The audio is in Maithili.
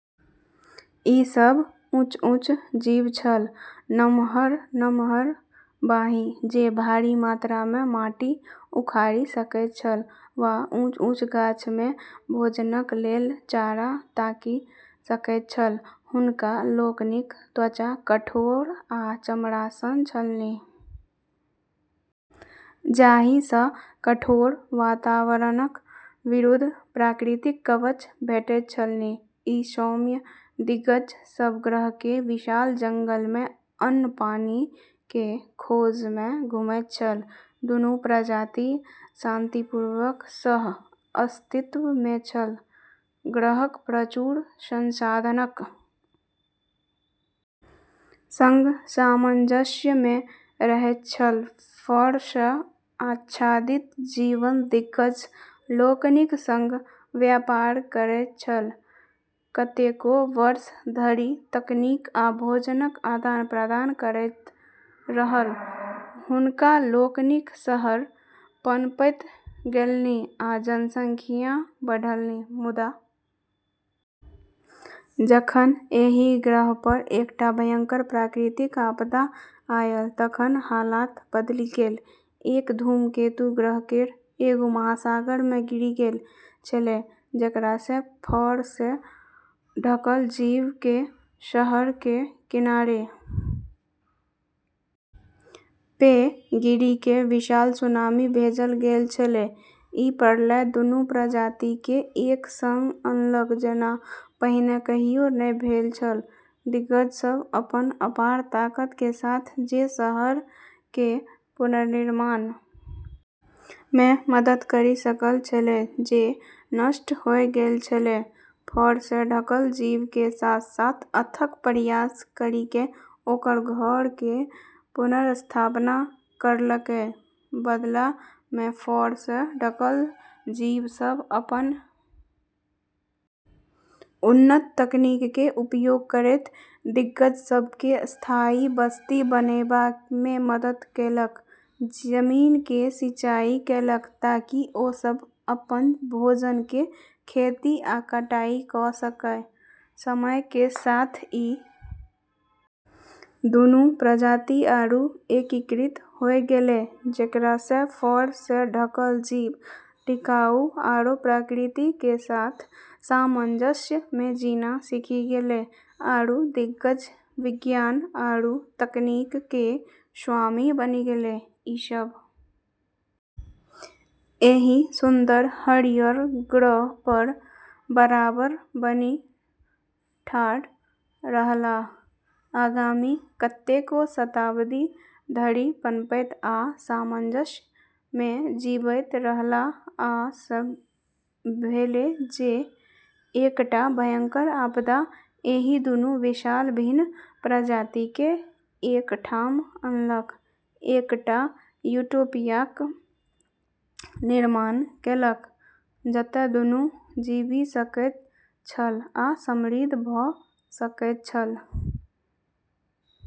ई सभ ऊँच-ऊँच जीव छल, नम्हर-नम्हर बाँहि जे भारी मात्रा मे माटि उखाड़ि सकैत छल वा ऊँच-ऊँच गाछ मे भोजनक लेल चारा ताकि सकैत छल, हुनका लोकनिक त्वचा कठोर आ चमड़ा सन छलनि जाहि सँ कठोर वातावरणक विरुद्ध प्राकृतिक कवच भेटैत छलनि ई सौम्य दिग्गज सब ग्रह के विशाल जंगल में अन्न-पानि के खोज में घुमैत छल दुनू प्रजाति शांतिपूर्वक सह-अस्तित्व मे छल, ग्रहक प्रचुर संसाधनक संग सामंजस्य मे रहैत छल, फर सॅं आच्छादित जीव दिग्गज लोकनिक संग व्यापार करैत रहल, कतेको वर्ष धरि तकनीक आ भोजनक आदान-प्रदान करैत रहल, हुनका लोकनिक शहर पनपैत गेलनि आ जनसंख्या बढ़लनि, मुदा जखन एहि ग्रह पर एकटा भयंकर प्राकृतिक आपदा आयल तखन हालात बदलि गेल एक धूमकेतु ग्रह केरऽ एगो महासागर मे गिरी गेलऽ छेलै जेकरा से फर से ढकल जीवऽ के शहरऽ के किनारे पे गिरी के विशाल सुनामी भेजलऽ गेलऽ छेलै, ई प्रलय दुनू प्रजाति के एक संग अनलक जेना पहिने कहियो नहि भेल छल, दिग्गज सब अपनऽ अपार ताकत के साथ जे शहरऽ के पुनर्निर्माण में मदद करी सकलऽ छेलै जे नष्ट होय गेलऽ छेलै फर सें ढकल जीवऽ के साथ-साथ अथक प्रयास करी के ओकरऽ घरऽ के पुनर्स्थापना करलकै, बदला में फर स ढकल जीव सब अपन उन्नत तकनीक के उपयोग करैत दिग्गज सब के स्थायी बस्ती बनेबा में मदद केलक, जमीन के सिंचाई केलक ताकि ओ सब अपन भोजन के खेती आ कटाई क सकय, समय के साथ ई दूनू प्रजाति आरू एकीकृत होय गेलै जेकरा से फर से ढकल जीव टिकाऊ आरू प्रकृति के साथ सामंजस्य मे जीना सीखी गेलै आरू दिग्गज विज्ञान आरू तकनीक के स्वामी बनी गेलै, ई सब एहि सुन्दर हरियर ग्रह पर बराबर बनि ठाढ़ रहलाह, आगामी कतेको शताब्दी धरि पनपैत आ सामंजस्य मे जीबैत रहलाह आ से भेलै जे एकटा भयंकर आपदा एहि दुनू विशाल भिन्न प्रजाति केँ एक ठाम अनलक, एकटा यूटोपियाक निर्माण केलक जतय दुनू जीबि सकैत छल आ समृद्ध भ सकैत छल।